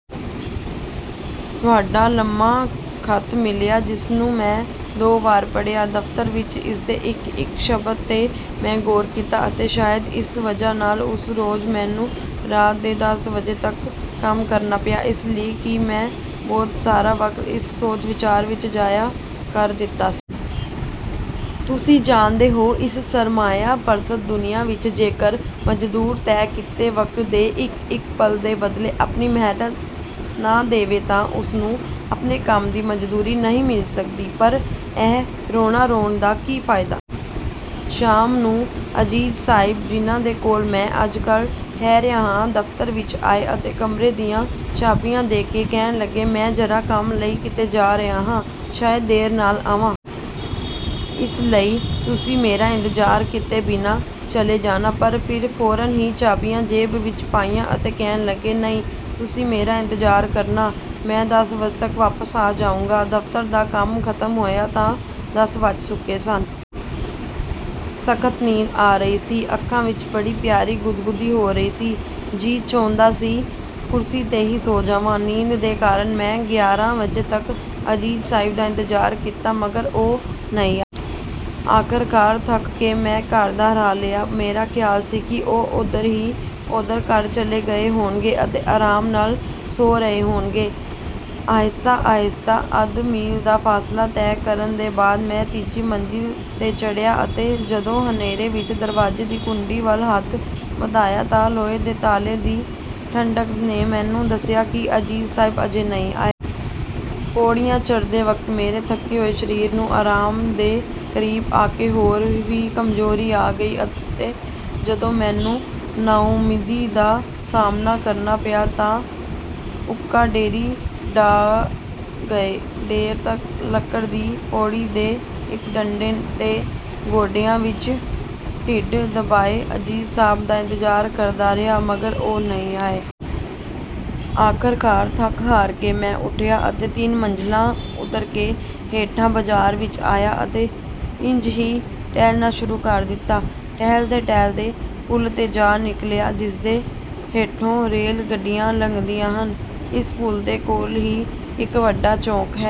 ਤੁਹਾਡਾ ਲੰਮਾ ਖ਼ਤ ਮਿਲਿਆ ਜਿਸ ਨੂੰ ਮੈਂ ਦੋ ਵਾਰ ਪੜ੍ਹਿਆ। ਦਫ਼ਤਰ ਵਿੱਚ ਇਸਦੇ ਇੱਕ-ਇੱਕ ਸ਼ਬਦ ਤੇ ਮੈਂ ਗ਼ੌਰ ਕੀਤਾ ਅਤੇ ਸ਼ਾਇਦ ਇਸ ਵਜ੍ਹਾ ਨਾਲ਼ ਉਸ ਰੋਜ਼ ਮੈਨੂੰ ਰਾਤ ਦੇ ਦਸ ਵਜੇ ਤੱਕ ਕੰਮ ਕਰਨਾ ਪਿਆ, ਇਸ ਲਈ ਕਿ ਮੈਂ ਬਹੁਤ ਸਾਰਾ ਵਕਤ ਇਸ ਸੋਚ-ਵਿਚਾਰ ਵਿੱਚ ਜ਼ਾਇਆ ਕਰ ਦਿੱਤਾ ਸੀ। ਤੁਸੀਂ ਜਾਣਦੇ ਹੋ ਇਸ ਸਰਮਾਇਆ ਪਰਸਤ ਦੁਨੀਆ ਵਿੱਚ ਜੇਕਰ ਮਜ਼ਦੂਰ ਤੈਅ ਕੀਤੇ ਵਕਤ ਦੇ ਇੱਕ ਇੱਕ ਪਲ ਦੇ ਬਦਲੇ ਆਪਣੀ ਮਿਹਨਤ ਨਾ ਦੇਵੇ ਤਾਂ ਉਸਨੂੰ ਆਪਣੇ ਕੰਮ ਦੀ ਮਜ਼ਦੂਰੀ ਨਹੀਂ ਮਿਲ ਸਕਦੀ, ਪਰ ਇਹ ਰੋਣਾ ਰੋਣ ਦਾ ਕੀ ਫਾਇਦਾ? ਸ਼ਾਮ ਨੂੰ ਅਜ਼ੀਜ਼ ਸਾਹਿਬ, ਜਿਨ੍ਹਾਂ ਦੇ ਕੋਲ ਮੈਂ ਅੱਜ-ਕੱਲ੍ਹ ਠਹਰਿਆ ਹਾਂ, ਦਫ਼ਤਰ ਵਿੱਚ ਆਏ ਅਤੇ ਕਮਰੇ ਦੀਆਂ ਚਾਬੀਆਂ ਦੇ ਕੇ ਕਹਿਣ ਲੱਗੇ, "ਮੈਂ ਜਰਾ ਕੰਮ ਲਈ ਕਿਤੇ ਜਾ ਰਿਹਾ ਹਾਂ। ਸ਼ਾਇਦ ਦੇਰ ਨਾਲ ਆਵਾਂ। ਇਸ ਲਈ ਤੁਸੀਂ ਮੇਰਾ ਇੰਤਜ਼ਾਰ ਕੀਤੇ ਬਿਨਾਂ ਚਲੇ ਜਾਣਾ।" ਪਰ ਫਿਰ ਫ਼ੌਰਨ ਹੀ ਚਾਬੀਆਂ ਜੇਬ ਵਿੱਚ ਪਾਈਆਂ ਅਤੇ ਕਹਿਣ ਲੱਗੇ, "ਨਹੀਂ, ਤੁਸੀਂ ਮੇਰਾ ਇੰਤਜ਼ਾਰ ਕਰਨਾ। ਮੈਂ ਦਸ ਵਜੇ ਤੱਕ ਵਾਪਸ ਆ ਜਾਊਂਗਾ।" ਦਫ਼ਤਰ ਦਾ ਕੰਮ ਖਤਮ ਹੋਇਆ ਤਾਂ ਦਸ ਵਜ ਚੁੱਕੇ ਸਨ। ਸਖ਼ਤ ਨੀਂਦ ਆ ਰਹੀ ਸੀ। ਅੱਖਾਂ ਵਿੱਚ ਬੜੀ ਪਿਆਰੀ ਗੁਦਗੁਦੀ ਹੋ ਰਹੀ ਸੀ। ਜੀ ਚਾਹੁੰਦਾ ਸੀ ਕੁਰਸੀ ਤੇ ਹੀ ਸੌਂ ਜਾਂਵਾਂ। ਨੀਂਦ ਦੇ ਕਾਰਨ ਮੈਂ ਗਿਆਰਾਂ ਵਜੇ ਤੱਕ ਅਜ਼ੀਜ਼ ਸਾਹਿਬ ਦਾ ਇੰਤਜ਼ਾਰ ਕੀਤਾ ਮਗਰ ਉਹ ਨਹੀਂ ਆਏ। ਆਖ਼ਰਕਾਰ ਥੱਕ ਕੇ ਮੈਂ ਘਰ ਦਾ ਰਾਹ ਲਿਆ। ਮੇਰਾ ਖ਼ਿਆਲ ਸੀ ਕਿ ਉਹ ਉੱਧਰ ਹੀ ਉੱਧਰ ਘਰ ਚਲੇ ਗਏ ਹੋਣਗੇ ਅਤੇ ਆਰਾਮ ਨਾਲ਼ ਸੌਂ ਰਹੇ ਹੋਣਗੇ। ਆਹਿਸਤਾ- ਆਹਿਸਤਾ ਅੱਧ ਮੀਲ ਦਾ ਫ਼ਾਸਲਾ ਤੈਅ ਕਰਨ ਦੇ ਬਾਅਦ ਮੈਂ ਤੀਜੀ ਮੰਜ਼ਿਲ ਤੇ ਚੜ੍ਹਿਆ ਅਤੇ ਜਦੋਂ ਹਨੇਰੇ ਵਿੱਚ ਦਰਵਾਜ਼ੇ ਦੀ ਕੁੰਡੀ ਵੱਲ ਹੱਥ ਵਧਾਇਆ ਤਾਂ ਲੋਹੇ ਦੇ ਤਾਲੇ ਦੀ ਠੰਢਕ ਨੇ ਮੈਨੂੰ ਦੱਸਿਆ ਕਿ ਅਜ਼ੀਜ਼ ਸਾਹਿਬ ਅਜੇ ਨਹੀਂ ਆਏ। ਪੌੜੀਆਂ ਚੜ੍ਹਦੇ ਵਕਤ ਮੇਰੇ ਥਕੇ ਹੋਏ ਸ਼ਰੀਰ ਨੂੰ ਆਰਾਮ ਦੇ ਕਰੀਬ ਆਕੇ ਹੋਰ ਵੀ ਕਮਜ਼ੋਰੀ ਆ ਗਈ, ਅਤੇ ਜਦੋਂ ਮੈਨੂੰ ਨਾਉਮੀਦੀ ਦਾ ਸਾਹਮਣਾ ਕਰਨਾ ਪਿਆ ਤਾਂ ਉੱਕਾ ਢੇਰੀ ਢਾਹ ਗਏ। ਦੇਰ ਤੱਕ ਲੱਕੜ ਦੀ ਪੌੜੀ ਦੇ ਇੱਕ ਡੰਡੇ ਤੇ ਗੋਡਿਆਂ ਵਿੱਚ ਢਿੱਡ ਦਬਾਏ ਅਜ਼ੀਜ਼ ਸਾਹਿਬ ਦਾ ਇੰਤਜ਼ਾਰ ਕਰਦਾ ਰਿਹਾ ਮਗਰ ਉਹ ਨਹੀਂ ਆਏ। ਆਖ਼ਰਕਾਰ ਥੱਕ-ਹਾਰ ਕੇ ਮੈਂ ਉਠਿਆ ਅਤੇ ਤਿੰਨ ਮੰਜ਼ਲਾਂ ਉੱਤਰ ਕੇ ਹੇਠਾਂ ਬਾਜ਼ਾਰ ਵਿੱਚ ਆਇਆ ਅਤੇ ਇੰਜ ਹੀ ਟਹਿਲਣਾ ਸ਼ੁਰੂ ਕਰ ਦਿੱਤਾ। ਟਹਿਲਦੇ-ਟਹਿਲਦੇ ਪੁੱਲ ਤੇ ਜਾ ਨਿਕਲਿਆ ਜਿਸਦੇ ਹੇਠੋਂ ਰੇਲ ਗੱਡੀਆਂ ਲੰਘਦੀਆਂ ਹਨ। ਇਸ ਪੁਲ ਦੇ ਕੋਲ਼ ਹੀ ਇੱਕ ਵੱਡਾ ਚੌਕ ਹੈ।